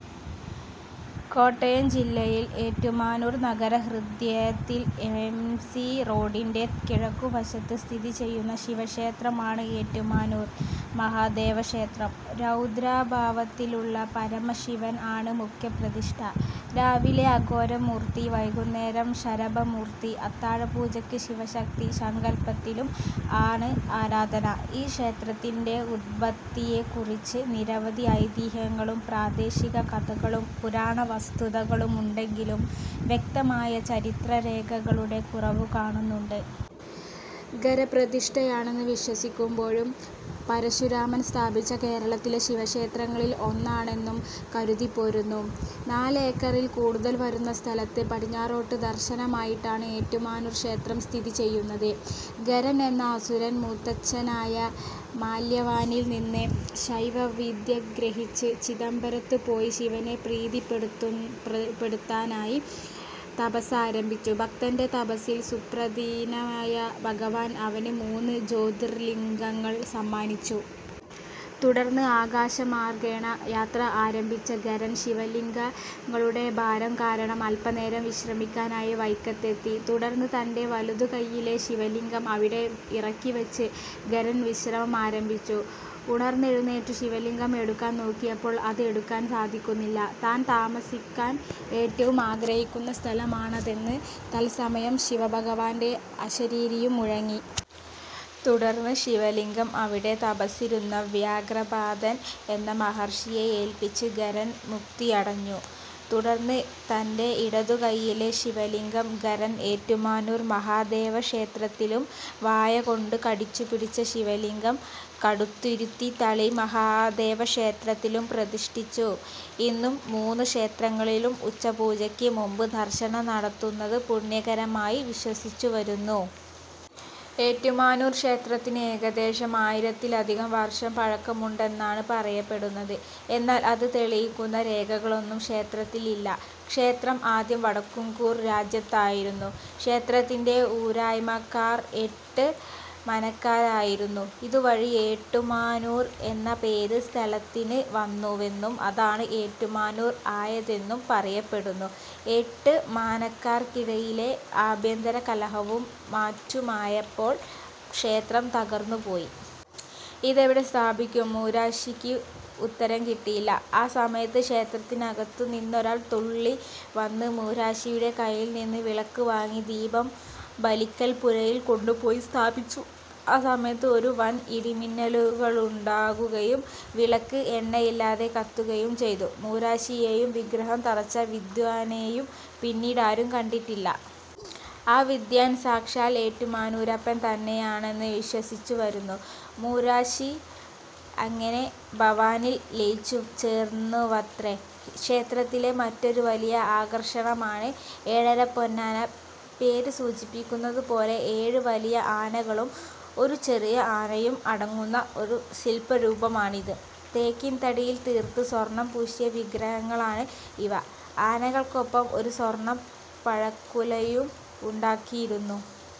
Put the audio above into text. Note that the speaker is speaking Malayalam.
കോട്ടയം ജില്ലയിൽ ഏറ്റുമാനൂർ നഗരഹൃദയത്തിൽ എം. സി. റോഡിന്റെ കിഴക്കുവശത്ത് സ്ഥിതിചെയ്യുന്ന ശിവക്ഷേത്രമാണ് ഏറ്റുമാനൂർ മഹാദേവ ക്ഷേത്രം. രൗദ്ര ഭാവത്തിലുള്ള പരമശിവൻ ആണ് മുഖ്യ പ്രതിഷ്ഠ. രാവിലെ അഘോരമൂർത്തി, വൈകുന്നേരം ശരഭമൂർത്തി, അത്താഴപൂജക്ക് ശിവശക്തി സങ്കല്പത്തിലും ആണ് ആരാധന. ഈ ക്ഷേത്രത്തിന്റെ ഉത്പത്തിയെക്കുറിച്ച് നിരവധി ഐതിഹ്യങ്ങളും, പ്രാദേശിക കഥകളും പുരാണ വസ്തുതകളുമുണ്ടെങ്കിലും വ്യക്തമായ ചരിത്രരേഖകളുടെ കുറവുകാണുന്നുണ്ട്. ഖരപ്രതിഷ്ഠയാണന്നു വിശ്വസിക്കുമ്പോഴും പരശുരാമൻ സ്ഥാപിച്ച കേരളത്തിലെ ശിവക്ഷേത്രങ്ങളിൽ ഒന്നാണന്നും കരുതിപോരുന്നു. നാലേക്കറിൽ കൂടുതൽ വരുന്ന സ്ഥലത്ത് പടിഞ്ഞാറോട്ട് ദർശനമായിട്ടാണ് ഏറ്റുമാനൂർ ക്ഷേത്രം സ്ഥിതിചെയ്യുന്നത്.. ഖരൻ എന്ന അസുരൻ മുത്തച്ഛനായ മാല്യവാനിൽ നിന്ന് ശൈവവിദ്യ ഗ്രഹിച്ച് ചിദംബരത്തുപോയി ശിവനെ പ്രീതിപ്പെടുത്താനായി തപസ്സാരംഭിച്ചു. ഭക്തന്റെ തപസ്സിൽ സംപ്രീതനായ ഭഗവാൻ അവന് മൂന്ന് ജ്യോതിർലിംഗങ്ങൾ സമ്മാനിച്ചു. തുടർന്ന്, ആകാശമാർഗ്ഗേണ യാത്ര ആരംഭിച്ച ഖരൻ ശിവലിംഗങ്ങളുടെ ഭാരം കാരണം അല്പനേരം വിശ്രമിയ്ക്കാനായി വൈക്കത്തെത്തി. തുടർന്ന്, തന്റെ വലതുകയ്യിലെ ശിവലിംഗം അവിടെ ഇറക്കിവച്ച് ഖരൻ വിശ്രമം ആരംഭിച്ചു. ഉണർന്നെഴുന്നേറ്റ് ശിവലിംഗം എടുക്കാൻ നോക്കിയപ്പോൾ അത് എടുക്കാൻ സാധിയ്ക്കുന്നില്ല. താൻ താമസിയ്ക്കാൻ ഏറ്റവും ആഗ്രഹിയ്ക്കുന്ന സ്ഥലമാണതെന്ന് തത്സമയം ശിവഭഗവാന്റെ അശരീരിയും മുഴങ്ങി. തുടർന്ന്, ശിവലിംഗം അവിടെ തപസ്സിരുന്ന വ്യാഘ്രപാദൻ എന്ന മഹർഷിയെ ഏല്പിച്ച് ഖരൻ മുക്തിയടഞ്ഞു. തുടർന്ന് തന്റെ ഇടതുകയ്യിലെ ശിവലിംഗം ഖരൻ ഏറ്റുമാനൂർ മഹാദേവക്ഷേത്രത്തിലും വായ കൊണ്ട് കടിച്ചുപിടിച്ച ശിവലിംഗം കടുത്തുരുത്തി തളി മഹാദേവക്ഷേത്രത്തിലും പ്രതിഷ്ഠിച്ചു. ഇന്നും മൂന്ന് ക്ഷേത്രങ്ങളിലും ഉച്ചപ്പൂജയ്ക്ക് മുമ്പ് ദർശനം നടത്തുന്നത് പുണ്യകരമായി വിശ്വസിച്ചുവരുന്നു. ഏറ്റുമാനൂർ ക്ഷേത്രത്തിന് ഏകദേശം ആയിരത്തിലധികം വർഷം പഴക്കമുണ്ടെന്നാണ് പറയപ്പെടുന്നു. എന്നാൽ, അത് തെളിയിയ്ക്കുന്ന രേഖകളൊന്നും ക്ഷേത്രത്തിലില്ല. ക്ഷേത്രം ആദ്യം വടക്കുംകൂർ രാജ്യത്തായിരുന്നു. ക്ഷേത്രത്തിന്റെ ഊരായ്മക്കാർ എട്ട് മനക്കാരായിരുന്നു. ഇതുവഴി 'എട്ടുമനയൂർ' എന്ന പേര് സ്ഥലത്തിന് വന്നുവെന്നും അതാണ് ഏറ്റുമാനൂർ ആയതെന്നും പറയപ്പെടുന്നു. എട്ട് മനക്കാർക്കിടയിലെ ആഭ്യന്തരകലഹവും മറ്റുമായപ്പോൾ ക്ഷേത്രം തകർന്നുപോയി. ഇതെവിടെ സ്ഥാപിയ്ക്കും? ' മൂശാരിയ്ക്ക് ഉത്തരം കിട്ടിയില്ല. ആ സമയത്ത് ക്ഷേത്രത്തിനകത്തുനിന്നൊരാൾ തുള്ളിവന്ന് മൂശാരിയുടെ കയ്യിൽ നിന്ന് വിളക്ക് വാങ്ങി ദീപം ബലിക്കൽപ്പുരയിൽ കൊണ്ടുപോയി സ്ഥാപിച്ചു. ആ സമയത്ത് ഒരു വൻ ഇടിമിന്നലുണ്ടാകുകയും വിളക്ക് എണ്ണയില്ലാതെ കത്തുകയും ചെയ്തു. മൂശാരിയെയും വിഗ്രഹം തറച്ച വിദ്വാനെയും പിന്നീടാരും കണ്ടിട്ടില്ല. ആ വിദ്വാൻ സാക്ഷാൽ ഏറ്റുമാനൂരപ്പൻ തന്നെയാണെന്ന് വിശ്വസിച്ചുവരുന്നു. മൂശാരി അങ്ങനെ ഭഗവാനിൽ ലയിച്ചുചേർന്നുവത്രേ! ക്ഷേത്രത്തിലെ മറ്റൊരു വലിയ ആകർഷണമാണ് ഏഴരപ്പൊന്നാന. പേര് സൂചിപ്പിയ്ക്കുന്നതുപോലെ ഏഴ് വലിയ ആനകളും ഒരു ചെറിയ ആനയും അടങ്ങുന്ന ഒരു ശില്പരൂപമാണിത്. തേക്കിൻതടിയിൽ തീർത്ത് സ്വർണ്ണം പൂശിയ വിഗ്രഹങ്ങളാണ് ഇവ. ആനകൾക്കൊപ്പം ഒരു സ്വർണ്ണ പഴക്കുലയും ഉണ്ടാക്കിയിരുന്നു.